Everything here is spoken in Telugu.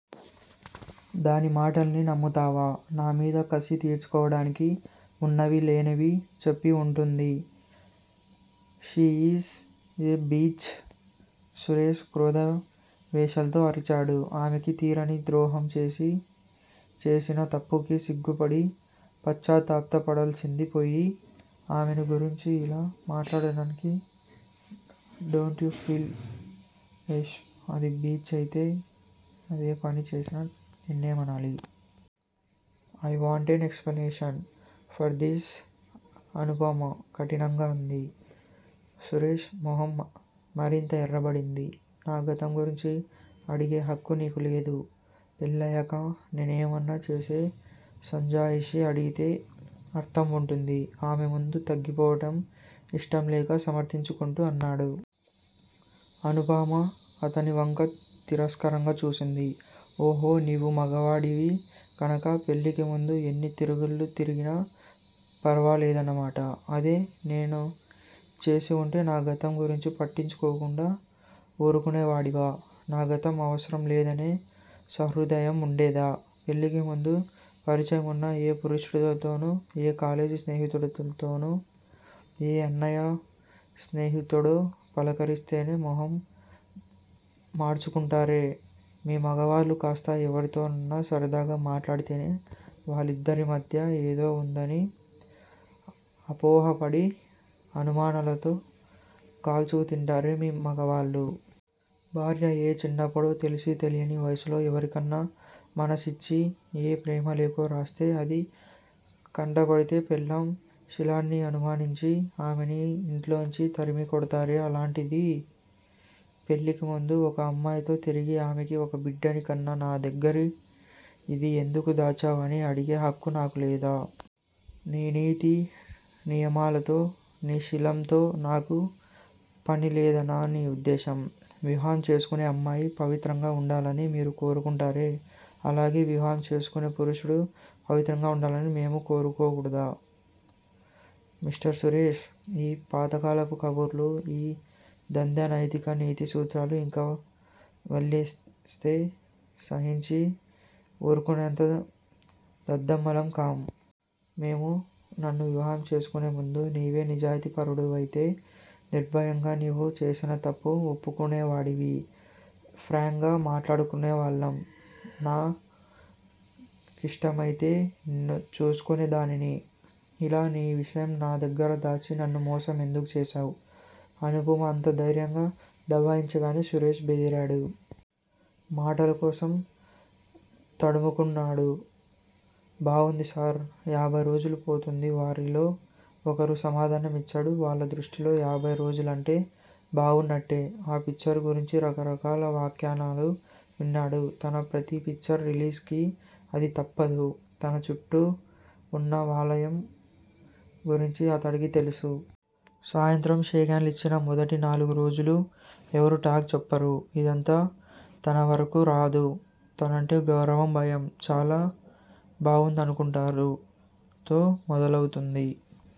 దాని మాటలన్ని నమ్ముతున్నావా? నా మీద కసి తీర్చుకోడానికి వున్నవి లేనివి చెప్పి వుంటుంది. She is a bitch ' Suresh క్రోదా వేశాల్తో అరిచాడు. ఆమెకి తీరని ద్రోహం చేసి, చేసిన తప్పుకి సిగ్గుపడి పశ్చాత్తాపపడాల్సింది పోయి ఆమెను గురించి ఇలా మాట్లాడడానికి డోంట్ యూ ఫీల్ ఏష్మ్డ్, ఆమె 'బిచ్' అయితే అదే పని చేసిన నిన్నేమనాలి? I want an explanation for this Anupama కఠినంగా అంది. సురేష్ మొహం మరింత ఎర్రబడింది. నా గతం గురించి అడిగే హక్కు నీకు లేదు, పెళ్ళయ్యాక నేనేమన్నా చేసే సంజాయిషీ అడిగితే అర్ధం వుంటుంది ఆమె ముందు తగ్గిపోవటం యిష్టంలేక సమర్ధించుకుంటు అన్నాడు. అనుపమ అతనివంక తిరస్కారంగా చూసింది. ఓహో నీవు మగాడివి కనక పెళ్ళికి ముందు ఎన్ని తిరుగుళ్ళు తిరిగినా ఫరవాలేదన్నమాట. అదే నేను చేసివుంటే, నా గతం గురించి పట్టించుకోకుండా వూరుకునేవాడివా? నా గతం అవసరం లేదనే సహృదయం వుండేదా? పెళ్ళికి ముందు పరిచయమున్న ఏ పురుషుడితోను, ఏ కాలేజి స్నేహితుడితోను, ఏ అన్నయ్య స్నేహితుడో పలకరిస్తేనే మొహం మాడ్చుకుంటారే మీ మగవాళ్ళు, కాస్త ఎవరితోనోన్న సరదాగా మాట్లాడితేనే వాళ్ళిద్దరిమధ్య ఏదో వుందని అపోహపడి అనుమానాలతో కాల్చుకుతింటారే మీ మగవాళ్ళు. భార్య ఏ చిన్నప్పుడో తెలిసి తెలియని వయసులో ఎవరికన్నా మనసిచ్చి, ఏ ప్రేమలేఖో రాస్తే, అది కంటపడితే పెళ్ళాం శీలాన్ని అనుమానించి, ఆమెని ఇంట్లోంచి తరిమికొడతారే అలాంటిది పెళ్ళికిముందు ఒక అమ్మాయితో తిరిగి ఆమెకి ఒక బిడ్డని కన్నా నా దగ్గరి ఇది ఎందుకు దాచావు అని అడిగే హక్కు నాకు లేదా? నీ నీతి నియమాలతో, నీ శీలంతో నాకు పనిలేదనా నీ ఉద్దేశం. వివాహం చేసుకునే అమ్మాయి పవిత్రంగా వుండాలని మీరు కోరుకుంటారే, అలాగే వివాహం చేసుకునే పురుషుడు పవిత్రంగా వుండాలని మేము కోరకుడదా? మిస్టర్ సురేష్! ఈ పాతకాలపు కబుర్లు, ఈ దంద నైతిక నీతి సూత్రాలు ఇంకా వల్లిస్తే సహించి వూరుకునేంత దద్దమ్మలం కాం. మేము. నన్ను వివాహం చేసుకునే ముందు, నీవే నిజాయితీ పరుడివయితే నిర్భయంగా నీవు చేసిన తప్పు ఒప్పుకునేవాడివి. ఫ్రాంక్ గా మాట్లాడుకునేవాళ్ళం. నా ఇష్టమైతే నిన్ను చేసుకునే దానిని ఇలా నీ విషయం నా దగ్గర దాచి నన్ను మోసం ఎందుకు చేశావు. అనుపమ అంత ధైర్యంగా దబాయించగానే సురేష్ బెదిరాడు. మాటలకోసం తడుముకున్నాడు. బావుంది సార్. యాభైరోజులు పోతుంది వారిలో ఒకరు సమాధానం ఇచ్చాడు. వాళ్ల దృష్టిలో యాభైరోజులంటే బావున్నట్టే. ఆ పిక్చర్ గురించి రకరకాల వ్యాఖ్యానాలు విన్నాడు. తన ప్రతి పిక్చర్ రిలీజ్ కి అది తప్పదు. తన చుట్టూ వున్న వలయం గురించి అతడికి తెలుసు. సాయంత్రం షేక్ హాండ్లిచ్చిన మొదటి నాలుగు రోజులూ ఎవరూ టాక్ చెప్పరు. ఇదంతా తనవరకూ రాదు. తనంటే గౌరవం, భయం. చాలా బావుందనుకుంటున్నారు తో మొదలవుతుంది.